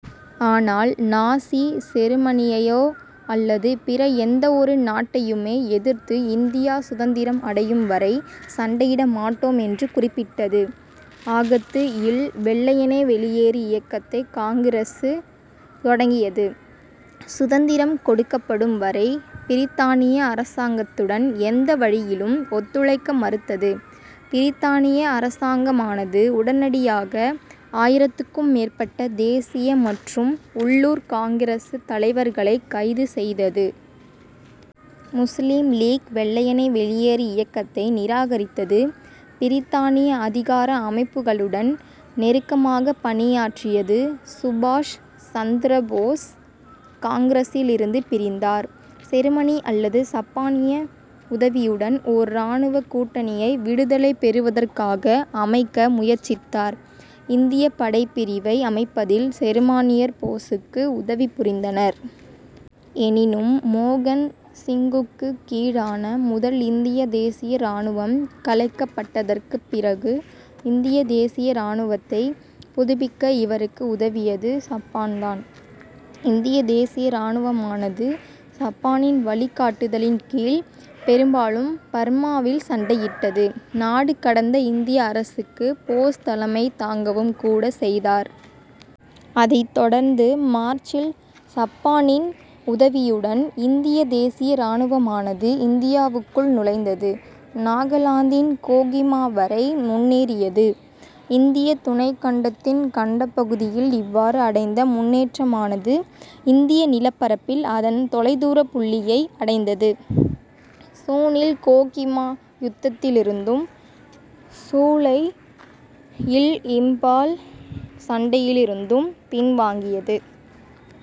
ஆனால், நாசி செருமனியையோ அல்லது பிற எந்தவொரு நாட்டையுமோ எதிர்த்து இந்தியா சுதந்திரம் அடையும் வரை சண்டையிட மாட்டோம் என்று குறிப்பிட்டது. ஆகத்து இல் வெள்ளையனே வெளியேறு இயக்கத்தை காங்கிரசு தொடங்கியது. சுதந்திரம் கொடுக்கப்படும் வரை பிரித்தானிய அரசாங்கத்துடன் எந்த வழியிலும் ஒத்துழைக்க மறுத்தது. பிரித்தானிய அரசாங்கமானது உடனடியாக ஆயிரத்துக்கும் மேற்பட்ட தேசிய மற்றும் உள்ளூர் காங்கிரசு தலைவர்களைக் கைது செய்தது. முசுலிம் லீக் வெள்ளையனே வெளியேறு இயக்கத்தை நிராகரித்தது. பிரித்தானிய அதிகார அமைப்புகளுடன் நெருக்கமாகப் பணியாற்றியது. சுபாஷ் சந்திர போஸ் காங்கிரசிலிருந்து பிரிந்தார். செருமனி அல்லது சப்பானிய உதவியுடன் ஓர் இராணுவக் கூட்டணியை விடுதலை பெறுவதற்காக அமைக்க முயற்சித்தார். இந்தியப் படைப் பிரிவை அமைப்பதில் செருமானியர் போசுக்கு உதவி புரிந்தனர். எனினும், மோகன் சிங்குக்குக் கீழான முதல் இந்தியத் தேசிய இராணுவம் கலைக்கப்பட்டதற்குப் பிறகு இந்திய தேசிய இராணுவத்தை புதுப்பிக்க இவருக்கு உதவியது சப்பான் தான். இந்திய தேசிய இராணுவமானது சப்பானின் வழிகாட்டுதலின் கீழ் பெரும்பாலும் பர்மாவில் சண்டையிட்டது. நாடு கடந்த இந்திய அரசுக்குப் போஸ் தலைமை தாங்கவும் கூட செய்தார். அதைத் தொடர்ந்து மார்ச்சில் சப்பானின் உதவியுடன் இந்திய தேசிய இராணுவமானது இந்தியாவுக்குள் நுழைந்தது. நாகலாந்தின் கோகிமா வரை முன்னேறியது. இந்திய துணைக்கண்டத்தின் கண்டப் பகுதியில் இவ்வாறு அடைந்த முன்னேற்றமானது இந்திய நிலப்பரப்பில் அதன் தொலைதூரப் புள்ளியை அடைந்தது. சூனில் கோகிமா யுத்தத்திலிருந்தும், சூலை இல் இம்பால் சண்டையிலிருந்தும் பின் வாங்கியது.